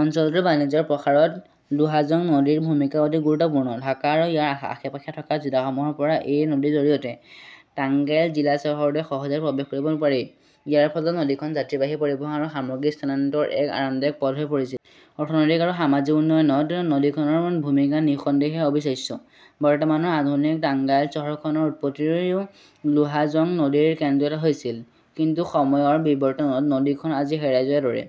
অঞ্চলটোৰ বাণিজ্যৰ প্ৰসাৰত লোহাজং নদীৰ ভূমিকা অতি গুৰুত্বপূৰ্ণ। ঢাকা আৰু ইয়াৰ আশে-পাশে থকা জিলাসমূহৰ পৰা এই নদীৰ জৰিয়তে টাঙ্গাইল জিলা চহৰলৈ সহজে প্ৰৱেশ কৰিব পাৰি। ইয়াৰ ফলত নদীখন যাত্ৰীবাহী পৰিবহণ আৰু সামগ্ৰী স্থানান্তৰৰ এক আৰামদায়ক পথ হৈ পৰিছিল। অৰ্থনৈতিক আৰু সামাজিক উন্নয়নত নদীখনৰ ভূমিকা নিঃসন্দেহে অবিশ্বাস্য। বৰ্তমানৰ আধুনিক টাঙ্গাইল চহৰখনৰ উৎপত্তিও লোহাজং নদীৰ কেন্দ্ৰত হৈছিল। কিন্তু সময়ৰ বিবৰ্তনত নদীখন আজি হেৰাই যোৱাৰ দৰে।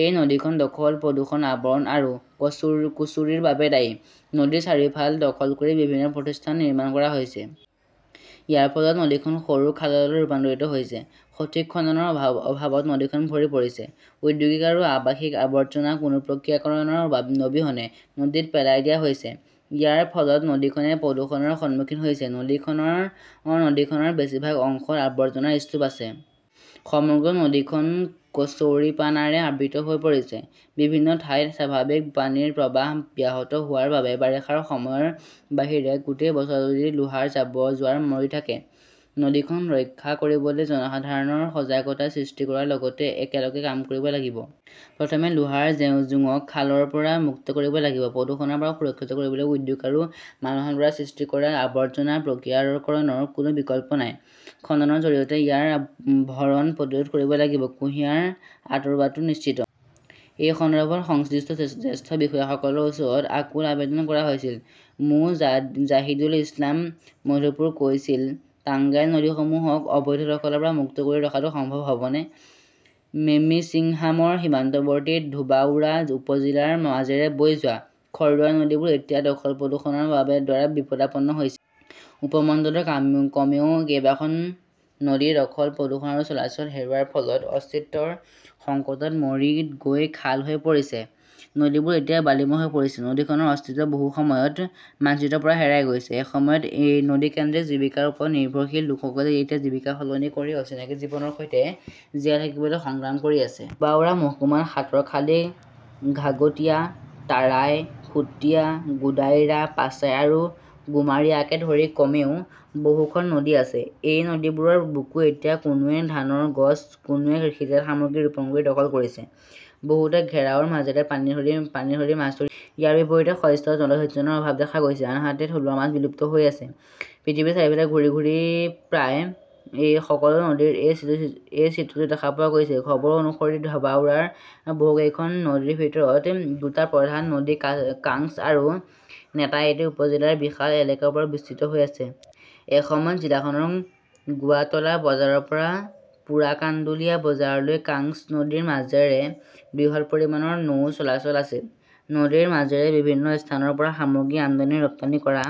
এই নদীখন দখল, প্ৰদূষণ, আৱৰণ আৰু কুচুৰিৰ বাবে দায়ী। নদীৰ চাৰিওফাল দখল কৰি বিভিন্ন প্ৰতিষ্ঠান নিৰ্মাণ কৰা হৈছে। ইয়াৰ ফলত নদীখন সৰু খাললৈ ৰূপান্তৰিত হৈছে। সঠিক খননৰ অভাৱত নদীখন ভৰি পৰিছে। ঔদ্যোগিক আৰু আৱাসিক আৱৰ্জনা কোনো প্ৰক্ৰিয়াকৰণৰ অবিহনে নদীত পেলাই দিয়া হৈছে। ইয়াৰ ফলত নদীখনে প্ৰদূষণৰ সন্মুখীন হৈছে। নদীখনৰ বেছিভাগ অংশত আৱৰ্জনাৰ স্তূপ আছে। সমগ্ৰ নদীখন কচৌৰিপানাৰে আবৃত হৈ পৰিছে। বিভিন্ন ঠাইত স্বাভাৱিক পানীৰ প্ৰৱাহ ব্যাহত হোৱাৰ বাবে বাৰিষাৰ সময়ৰ বাহিৰে গোটেই বছৰজুৰি লোহাৰ জোৱাৰ মৰি থাকে। নদীখন ৰক্ষা কৰিবলৈ জনসাধাৰণৰ সজাগতা সৃষ্টি কৰাৰ লগতে একেলগে কাম কৰিব লাগিব। প্ৰথমে লোহাৰ জোঙক দখলৰ পৰা মুক্ত কৰিব লাগিব। প্ৰদূষণৰ পৰা সুৰক্ষিত কৰিবলৈ উদ্যোগ আৰু মানুহৰ দ্বাৰা সৃষ্টি কৰা আৱৰ্জনা প্ৰক্ৰিয়াকৰণৰ কোনো বিকল্প নাই। খননৰ জৰিয়তে ইয়াৰ ভৰণ প্ৰতিৰোধ কৰিব লাগিব। কুঁহিয়াৰ আঁতৰোৱাটো নিশ্চিত। এই সন্দৰ্ভত সংশ্লিষ্ট জ্যেষ্ঠ বিষয়াসকলৰ ওচৰত আকুল আবেদন কৰা হৈছিল। মো. জাহিদুল ইছলাম মধুপুৰ কৈছিল টাঙ্গাইল নদীসমূহক অবৈধ দখলৰ পৰা মুক্ত কৰি ৰখাটো সম্ভৱ হবনে? মেমিন্সিংহামৰ সীমান্তৱৰ্তী ধোবাউৰা উপ-জিলাৰ মাজেৰে বৈ যোৱা খৰ্দুৱা নদীবোৰ এতিয়া দখল-প্ৰদূষণৰ দ্বাৰা বিপদাপন্ন হৈছে। উপমণ্ডলৰ কমেও কেইবা খন নদী দখল, প্ৰদূষণ আৰু চলাচল হেৰুওৱাৰ ফলত অস্তিত্বৰ সংকটত মৰি গৈ খাল হৈ পৰিছে। নদীবোৰ এতিয়া বালিময় হৈ পৰিছে। নদীখনৰ অস্তিত্ব বহু সময়ত মানচিত্ৰৰ পৰা হেৰাই গৈছে। এসময়ত নদী-কেন্দ্ৰিক জীৱিকাৰ ওপৰত নিৰ্ভৰশীল লোকসকলে এতিয়া জীৱিকা সলনি কৰি অচিনাকি জীৱিকাৰ সৈতে জীয়াই থাকিবলৈ সংগ্ৰাম কৰি আছে। ধোবাউৰা মহকুমাত সাতৰখালী, ঘাগটিয়া, তাৰাই, সুতিয়া, গুদাইৰা, পাচাই আৰু গুমাৰিয়াকে ধৰি কমেও বহু খন নদী আছে। এই নদীবোৰৰ বুকু এতিয়া কোনোৱে ধানৰ গছ, কোনোৱে কৃষিজাত সামগ্ৰী ৰোপণ কৰি দখল কৰিছে। বহুতে ঘেৰাওৰ মাজেৰে পানী ধৰি মাছ ধৰি আছে। ইয়াৰ বিপৰীতে শস্যত জলসিঞ্চনৰ অভাৱ দেখা গৈছে, আনহাতে থলুৱা মাছ বিলুপ্ত হৈ আছে। পৃথিৱীৰ চাৰিওফালে ঘূৰি ফুৰি প্ৰায় সকলো নদীৰে এই চিত্ৰটো দেখা পোৱা যায়। খবৰ অনুসৰি, ধোবাউৰাৰ বহু কেইখন নদীৰ ভিতৰত দুটা প্ৰধান নদী কাংছ আৰু নেতায়েতি উপ জিলাৰ বিশাল এলেকাৰ ওপৰত বিস্তৃত হৈ আছে। এসময়ত জিলাখনৰ গোৱাটলা বজাৰৰ পৰা পোৰাকাণ্ডুলিয়া বজাৰলৈ কাংছ নদীৰ মাজেৰে বৃহৎ পৰিমাণৰ নৌ চলাচল আছিল। নদীৰ মাজেৰে বিভিন্ন স্থানৰ পৰা সামগ্ৰী আমদানি-ৰপ্তানি কৰা